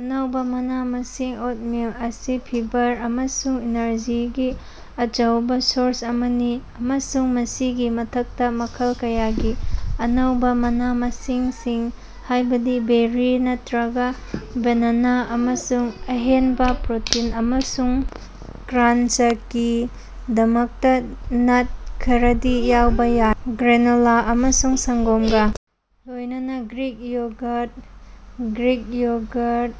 ꯑꯅꯧꯕ ꯃꯅꯥ-ꯃꯁꯤꯡ -ꯑꯣꯠꯃꯤꯜ ꯑꯁꯤ ꯐꯤꯕꯔ ꯑꯃꯁꯨꯡ ꯑꯦꯅꯔꯖꯤꯒꯤ ꯑꯆꯧꯕ ꯁꯣꯔꯁ ꯑꯃꯅꯤ, ꯑꯃꯁꯨꯡ ꯃꯁꯤꯒꯤ ꯃꯊꯛꯇ ꯃꯈꯜ ꯀꯌꯥꯒꯤ ꯑꯅꯧꯕ ꯃꯅꯥ-ꯃꯁꯤꯡꯁꯤꯡ ꯍꯥꯏꯕꯗꯤ ꯕꯦꯔꯤ ꯅꯠꯇꯔꯒ ꯕꯦꯅꯥꯅꯥ, ꯑꯃꯁꯨꯡ ꯑꯍꯦꯟꯕ ꯄ꯭ꯔꯣꯇꯤꯟ ꯑꯃꯁꯨꯡ ꯀ꯭ꯔꯥꯟꯆꯀꯤꯗꯃꯛꯇ ꯅꯠ ꯈꯔꯗꯤ ꯌꯥꯎꯕ ꯌꯥꯏ꯫ ꯒ꯭ꯔꯦꯅꯣꯂꯥ ꯑꯃꯁꯨꯡ ꯁꯪꯒꯣꯝꯒ ꯂꯣꯏꯅꯅꯥ ꯒ꯭ꯔꯤꯛ ꯌꯣꯒꯔ - ꯒ꯭ꯔꯤꯛ ꯌꯣꯒꯔ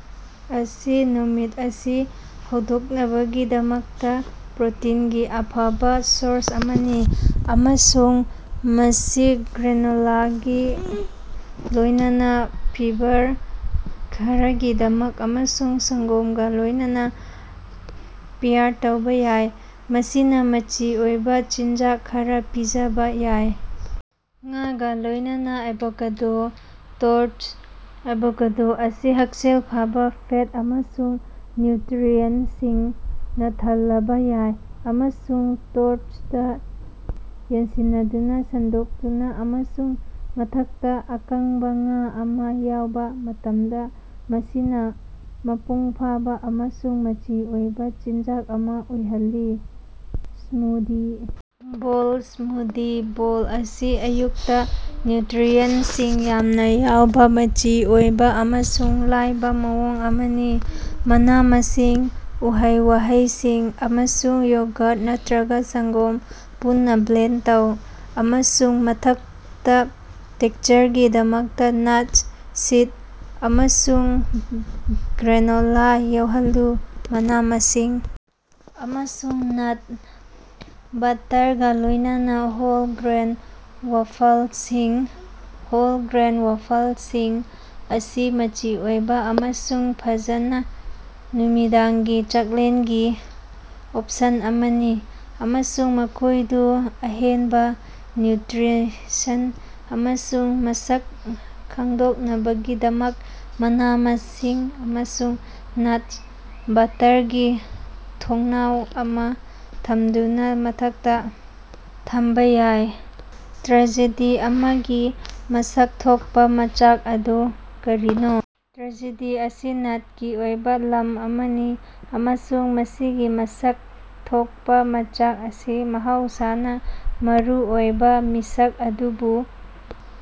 ꯑꯁꯤ ꯅꯨꯃꯤꯠ ꯑꯁꯤ ꯍꯧꯗꯣꯛꯅꯕꯒꯤꯗꯃꯛꯇ ꯄ꯭ꯔꯣꯇꯤꯟꯒꯤ ꯑꯐꯕꯥ ꯁꯣꯔꯁ ꯑꯃꯅꯤ, ꯑꯃꯁꯨꯡ ꯃꯁꯤ ꯒ꯭ꯔꯦꯅꯣꯂꯥꯒ‌ ꯂꯣꯏꯅꯅꯥ ꯐꯤꯕꯔ ꯈꯔꯒꯤꯗꯃꯛ ꯑꯃꯁꯨꯡ ꯁꯪꯒꯣꯝꯒꯥ ꯂꯣꯏꯅꯅꯥ ꯄꯤꯌꯔ ꯇꯧꯕ ꯌꯥꯏ, ꯃꯁꯤꯅ ꯃꯆꯤ ꯑꯣꯏꯕ ꯆꯤꯟꯖꯥꯛ ꯈꯔꯥ ꯄꯤꯖꯕꯥ ꯌꯥꯏ꯫ ꯉꯥꯒꯥ ꯂꯣꯏꯅꯅꯥ ꯑꯦꯚꯣꯀꯥꯗꯣ ꯇꯣꯁ꯭ꯠ -ꯑꯦꯚꯣꯀꯥꯗꯣ ꯑꯁꯤ ꯍꯛꯁꯦꯜ ꯐꯕꯥ ꯐꯦꯠ ꯑꯃꯁꯨꯡ ꯅ꯭ꯌꯨꯇꯔꯤꯑꯦꯟꯇꯁꯤꯡꯅ ꯊꯜꯂꯕꯥ ꯌꯥꯏ, ꯑꯃꯁꯨꯡ ꯇꯣꯁ꯭ꯇꯇꯥ ꯌꯥꯟꯁꯤꯟꯅꯗꯨꯅꯥ ꯁꯟꯗꯣꯛꯇꯨꯅꯥ ꯑꯃꯁꯨꯡ ꯃꯊꯛꯇꯥ ꯑꯀꯪꯕ ꯉꯥ ꯑꯃ ꯌꯥꯎꯕ ꯃꯇꯝꯗꯥ, ꯃꯁꯤꯅ ꯃꯄꯨꯡꯐꯥꯕꯥ ꯑꯃꯁꯨꯡ ꯃꯆꯤ ꯑꯣꯏꯕ ꯆꯤꯟꯖꯥꯛ ꯑꯃ ꯑꯣꯏꯍꯜꯂꯤ꯫ ꯁ꯭ꯃꯨꯗꯤ ꯕꯣꯜ - ꯁꯃꯨꯗꯤ ꯕꯣꯜ ꯑꯁꯤ ꯑꯌꯨꯛꯇ ꯅ꯭ꯌꯨꯇꯔꯤꯑꯦꯟꯇꯁꯤꯡ ꯌꯥꯝꯅ ꯌꯥꯎꯕ ꯃꯆꯤ ꯑꯣꯏꯕ ꯑꯃꯁꯨꯡ ꯂꯥꯏꯕ ꯃꯑꯣꯡ ꯑꯃꯅꯤ꯫ ꯃꯅꯥ-ꯃꯁꯤꯡ, ꯎꯍꯩ-ꯋꯥꯍꯩꯁꯤꯡ, ꯑꯃꯁꯨꯡ ꯌꯣꯒꯔ ꯅꯠꯇꯔꯒ ꯁꯪꯒꯣꯝ ꯄꯨꯟꯅ ꯕ꯭ꯂꯦꯟꯗ ꯇꯧ, ꯑꯃꯁꯨꯡ ꯃꯊꯛꯇ ꯇꯦꯛꯁꯆꯔꯒꯤꯗꯃꯛꯇ ꯅꯠ, ꯁꯤꯗ ꯑꯃꯁꯨꯡ ꯒ꯭ꯔꯦꯅꯣꯂꯥ ꯌꯥꯎꯍꯜꯂꯨ꯫ ꯃꯅꯥ-ꯃꯁꯤꯡ ꯑꯃꯁꯨꯡ ꯅꯠ ꯕꯠꯇꯔꯒꯥ ꯂꯣꯏꯅꯅꯥ ꯍꯣꯜ ꯒ꯭ꯔꯦꯟ ꯋꯥꯐꯜꯁꯤꯡ - ꯍꯣꯜ ꯒ꯭ꯔꯦꯟ ꯋꯥꯐꯜꯁꯤꯡ ꯑꯁꯤ ꯃꯆꯤ ꯑꯣꯏꯕ ꯑꯃꯁꯨꯡ ꯐꯖꯅ ꯅꯨꯃꯤꯗꯥꯡꯒꯤ ꯆꯥꯛꯂꯦꯟꯒꯤ ꯑꯣꯞꯁꯟ ꯑꯃꯅꯤ, ꯑꯃꯁꯨꯡ ꯃꯈꯣꯏꯗꯨ ꯑꯍꯦꯟꯕ ꯅ꯭ꯌꯨꯇ꯭ꯔꯤꯁꯟ ꯑꯃꯁꯨꯡ ꯃꯁꯛ ꯈꯪꯗꯣꯛꯅꯕꯒꯤꯗꯃꯛ ꯃꯅꯥ-ꯃꯁꯤꯡ ꯑꯃꯁꯨꯡ ꯅꯠ ꯕꯠꯇꯔꯒꯤ ꯊꯣꯡꯅꯥꯎ ꯑꯃ ꯊꯝꯗꯨꯅ ꯃꯊꯛꯇ ꯊꯝꯕꯥ ꯌꯥꯏ꯫ ꯇ꯭ꯔꯦꯖꯦꯗꯤ ꯑꯃꯒꯤ ꯃꯁꯛ ꯊꯣꯛꯄ ꯃꯆꯥꯛ ꯑꯗꯨ ꯀꯔꯤꯅꯣ? ꯇ꯭ꯔꯦꯖꯦꯗꯤ ꯑꯁꯤ ꯅꯥꯠꯀꯤ ꯑꯣꯏꯕ ꯂꯝ ꯑꯃꯅꯤ ꯑꯃꯁꯨꯡ ꯃꯁꯤꯒꯤ ꯃꯁꯛ ꯊꯣꯛꯄ ꯃꯆꯥꯛ ꯑꯁꯤ ꯃꯍꯧꯁꯥꯅꯥ ꯃꯔꯨ ꯑꯣꯏꯕ ꯃꯤꯁꯛ ꯑꯗꯨꯕꯨ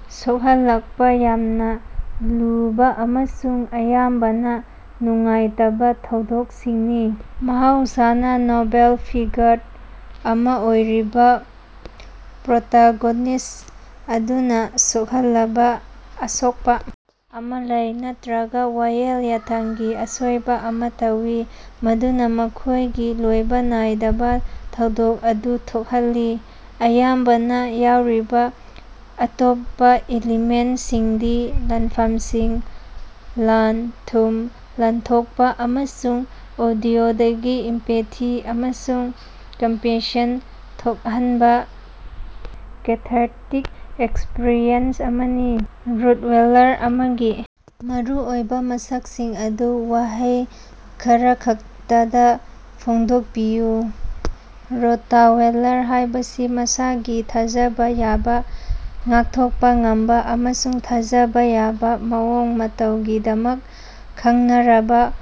ꯁꯣꯛꯍꯜꯂꯛꯄ ꯌꯥꯝꯅꯥ ꯂꯨꯕ ꯑꯃꯁꯨꯡ ꯑꯌꯥꯝꯕꯅꯥ ꯅꯨꯡꯉꯥꯏꯇꯕꯥ ꯊꯧꯗꯣꯛꯁꯤꯡꯅꯤ꯫ ꯃꯍꯧꯁꯥꯅꯥ ꯅꯣꯕꯦꯜ ꯐꯤꯒꯔ ꯑꯃ ꯑꯣꯏꯔꯤꯕ ꯄ꯭ꯔꯣꯇꯥꯒꯣꯅꯤꯁ ꯑꯗꯨꯅ ꯁꯣꯛꯍꯜꯂꯕꯥ ꯑꯁꯣꯛꯄ ꯑꯃ ꯂꯩ ꯅꯠꯇꯔꯒ ꯋꯥꯌꯦꯜ ꯌꯥꯊꯪꯒꯤ ꯑꯁꯣꯏꯕ ꯑꯃ ꯇꯧꯏ ꯃꯗꯨꯅ ꯃꯈꯣꯏꯒꯤ ꯂꯣꯏꯕꯥ ꯅꯥꯏꯗꯕꯥ ꯊꯧꯗꯣꯛ ꯑꯗꯨ ꯊꯣꯛꯍꯜꯂꯤ꯫ ꯑꯌꯥꯝꯕꯅꯥ ꯌꯥꯎꯔꯤꯕ ꯑꯇꯣꯞꯄ ꯏꯂꯤꯃꯦꯟꯇꯁꯤꯡꯗꯤ ꯂꯥꯟꯐꯝꯁꯤꯡ, ꯂꯟ-ꯊꯨꯝ ꯂꯥꯟꯊꯣꯠꯄꯥ, ꯑꯃꯁꯨꯡ ꯑꯣꯗꯤꯑꯣꯗꯒꯤ ꯏꯝꯄꯦꯊꯤ ꯑꯃꯁꯨꯡ ꯀꯝꯄꯦꯁꯟ ꯊꯣꯛꯍꯟꯕ ꯀꯦꯊꯥꯔꯇꯤꯛ ꯑꯦꯛꯁꯄꯔꯤꯑꯦꯟꯁ ꯑꯃꯅꯤ꯫ ꯔꯣꯠꯋꯦꯂꯔ ꯑꯃꯒꯤ ꯃꯔꯨꯑꯣꯏꯕ ꯃꯁꯛꯁꯤꯡ ꯑꯗꯨ ꯋꯥꯍꯩ ꯈꯔꯈꯛꯇꯗꯥ ꯐꯣꯡꯗꯣꯛꯄꯤꯌꯨ꯫ ꯔꯣꯇꯋꯦꯂꯔ ꯍꯥꯏꯕꯁꯤ ꯃꯁꯥꯒꯤ ꯊꯥꯖꯕꯥ ꯌꯥꯕ, ꯉꯥꯛꯊꯣꯛꯄ ꯉꯝꯕ ꯑꯃꯁꯨꯡ ꯊꯥꯖꯕꯥ ꯌꯥꯕ ꯃꯑꯣꯡ ꯃꯇꯧꯒꯤꯗꯃꯛ ꯈꯪꯅꯔꯕꯥ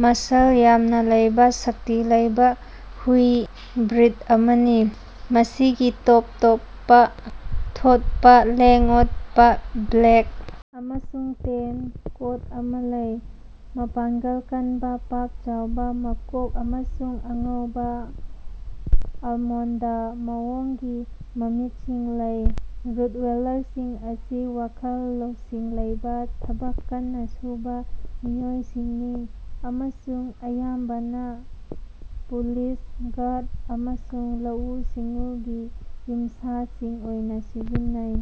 ꯃꯁꯜ ꯌꯥꯝꯅ ꯂꯩꯕ, ꯁꯛꯇꯤ ꯂꯩꯕ ꯍꯨꯏ ꯕ꯭ꯔꯤꯗ ꯑꯃꯅꯤ꯫ ꯃꯁꯤꯒꯤ ꯇꯣꯞ ꯇꯣꯞꯄ ꯊꯣꯠꯄ, ꯂꯦꯡ-ꯑꯣꯠꯄ, ꯕ꯭ꯂꯦꯛ ꯑꯃꯁꯨꯡ ꯇꯦꯟ ꯀꯣꯠ ꯑꯃ ꯂꯩ, ꯃꯄꯥꯡꯒꯜ ꯀꯟꯕꯥ, ꯄꯥꯛ-ꯆꯥꯎꯕ ꯃꯀꯣꯛ ꯑꯃꯁꯨꯡ ꯑꯉꯧꯕ, ꯑꯜꯃꯣꯟꯗ ꯃꯑꯣꯡꯒꯤ ꯃꯃꯤꯠꯁꯤꯡ ꯂꯩ꯫ ꯔꯣꯠꯋꯦꯂꯔꯁꯤꯡ ꯑꯁꯤ ꯋꯥꯈꯜ ꯂꯧꯁꯤꯡ ꯂꯩꯕ, ꯊꯕꯛ ꯀꯟꯅ ꯁꯨꯕ ꯃꯤꯑꯣꯏꯁꯤꯡꯅꯤ ꯑꯃꯁꯨꯡ ꯑꯌꯥꯝꯕꯅꯥ ꯄꯨꯂꯤꯁ, ꯒꯥꯔꯗ ꯑꯃꯁꯨꯡ ꯂꯧꯎ-ꯁꯤꯡꯎꯒꯤ ꯌꯨꯝꯁꯥꯁꯤꯡ ꯑꯣꯏꯅ ꯁꯤꯖꯤꯟꯅꯩ꯫